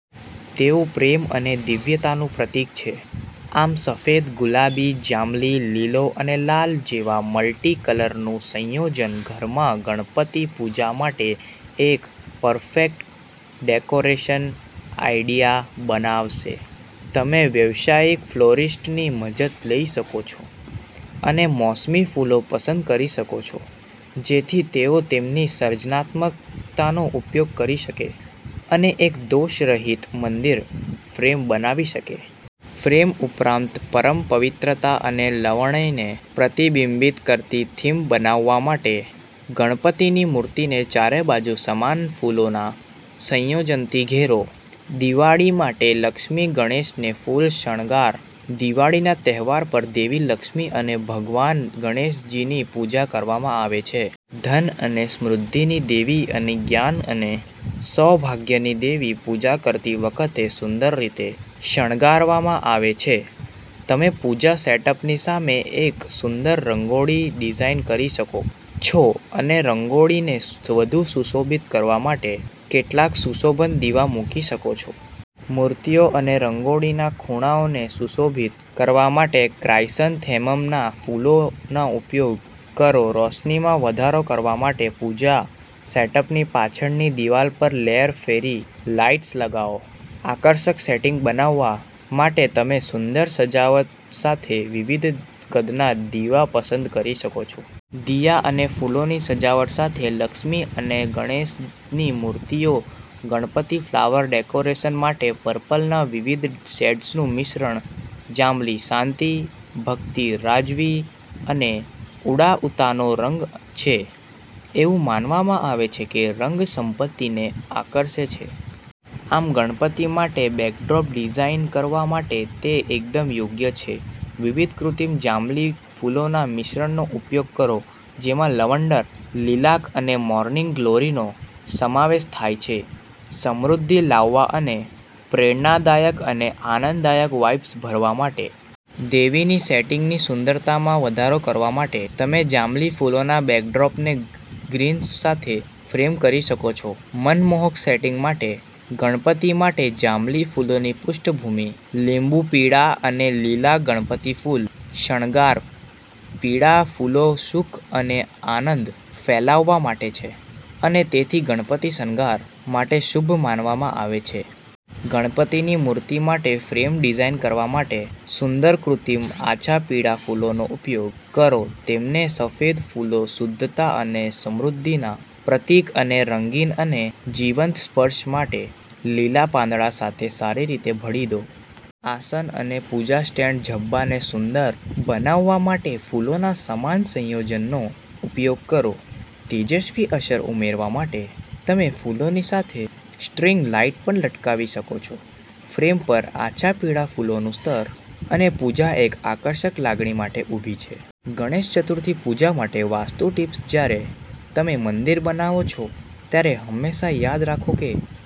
તેઓ પ્રેમ અને દિવ્યતાનું પ્રતીક છે. આમ, સફેદ, ગુલાબી, જાંબલી, લીલો અને લાલ જેવા મલ્ટીકલરનું સંયોજન ઘરમાં ગણપતિ પૂજા માટે એક પરફેક્ટ ડેકોરેશન આઈડિયા બનાવશે. તમે વ્યાવસાયિક ફ્લોરિસ્ટની મદદ મેળવી શકો છો અને મોસમી ફૂલો પસંદ કરી શકો છો જેથી તેઓ તેમની સર્જનાત્મકતાનો ઉપયોગ કરી શકે અને એક દોષરહિત મંદિર ફ્રેમ બનાવી શકે. ફ્રેમ ઉપરાંત, પરમ પવિત્રતા અને લાવણ્યને પ્રતિબિંબિત કરતી થીમ બનાવવા માટે ગણપતિની મૂર્તિને ચારે બાજુ સમાન ફૂલોના સંયોજનથી ઘેરો. દિવાળી માટે લક્ષ્મી ગણેશને ફૂલ શણગાર. દિવાળીના તહેવાર પર દેવી લક્ષ્મી અને ભગવાન ગણેશની પૂજા કરવામાં આવે છે. ધન અને સમૃદ્ધિની દેવી અને જ્ઞાન અને સૌભાગ્યની દેવી પૂજા કરતી વખતે સુંદર રીતે શણગારવામાં આવે છે. તમે પૂજા સેટઅપની સામે એક સુંદર રંગોળી ડિઝાઇન કરી શકો છો અને રંગોળીને વધુ સુશોભિત કરવા માટે કેટલાક સુશોભન દીવા મૂકી શકો છો. મૂર્તિઓ અને રંગોળીના ખૂણાઓને સુશોભિત કરવા માટે ક્રાયસન્થેમમના ફૂલોનો ઉપયોગ કરો. રોશનીમાં વધારો કરવા માટે પૂજા સેટઅપની પાછળની દિવાલ પર લેયર ફેરી લાઇટ્સ લગાવો. આકર્ષક સેટિંગ બનાવવા માટે તમે સુંદર સજાવટ સાથે વિવિધ કદના દીવા પસંદ કરી શકો છો. દિયા અને ફૂલોની સજાવટ સાથે લક્ષ્મી અને ગણેશની મૂર્તિઓ. ગણપતિ ફ્લાવર ડેકોરેશન માટે પર્પલના વિવિધ શેડ્સનું મિશ્રણ. જાંબલી શાંતિ, ભક્તિ, રાજવી અને ઉડાઉતાનો રંગ છે. એવું માનવામાં આવે છે કે રંગ સંપત્તિને આકર્ષે છે. આમ, ગણપતિ માટે બેકડ્રોપ ડિઝાઇન કરવા માટે તે એકદમ યોગ્ય છે. વિવિધ કૃત્રિમ જાંબલી ફૂલોના મિશ્રણનો ઉપયોગ કરો, જેમાં લવંડર, લીલાક અને મોર્નિંગ ગ્લોરીનો સમાવેશ થાય છે, સમૃદ્ધિ લાવવા અને પ્રેરણાદાયક અને આનંદદાયક વાઇબ્સ ભરવા માટે. દૈવી સેટિંગની સુંદરતામાં વધારો કરવા માટે તમે જાંબલી ફૂલોના બેકડ્રોપને ગ્રીન્સ સાથે ફ્રેમ કરી શકો છો. મનમોહક સેટિંગ માટે ગણપતિ માટે જાંબલી ફૂલોની પૃષ્ઠભૂમિ. લીંબુ પીળા અને લીલા ગણપતિ ફૂલ શણગાર. પીળા ફૂલો સુખ અને આનંદ ફેલાવવા માટે છે અને તેથી ગણપતિ શણગાર માટે શુભ માનવામાં આવે છે. ગણપતિની મૂર્તિ માટે ફ્રેમ ડિઝાઇન કરવા માટે સુંદર કૃત્રિમ આછા પીળા ફૂલોનો ઉપયોગ કરો. તેમને સફેદ ફૂલો, શુદ્ધતા અને સમૃદ્ધિના પ્રતીક અને રંગીન અને જીવંત સ્પર્શ માટે લીલા પાંદડા સાથે સારી રીતે ભળી દો. આસન અને પૂજા સ્ટેન્ડ ઝભ્ભોને સુંદર બનાવવા માટે ફૂલોના સમાન સંયોજનનો ઉપયોગ કરો. તેજસ્વી અસર ઉમેરવા માટે તમે ફૂલોની સાથે સ્ટ્રિંગ લાઇટ પણ લટકાવી શકો છો. ફ્રેમ પર આછા પીળા ફૂલોનું સ્તર, અને પૂજા એક આકર્ષક લાગણી માટે ઊભી છે. ગણેશ ચતુર્થી પૂજા માટે વાસ્તુ ટિપ્સ. જ્યારે તમે મંદિર બનાવો છો, ત્યારે હંમેશા યાદ રાખો કે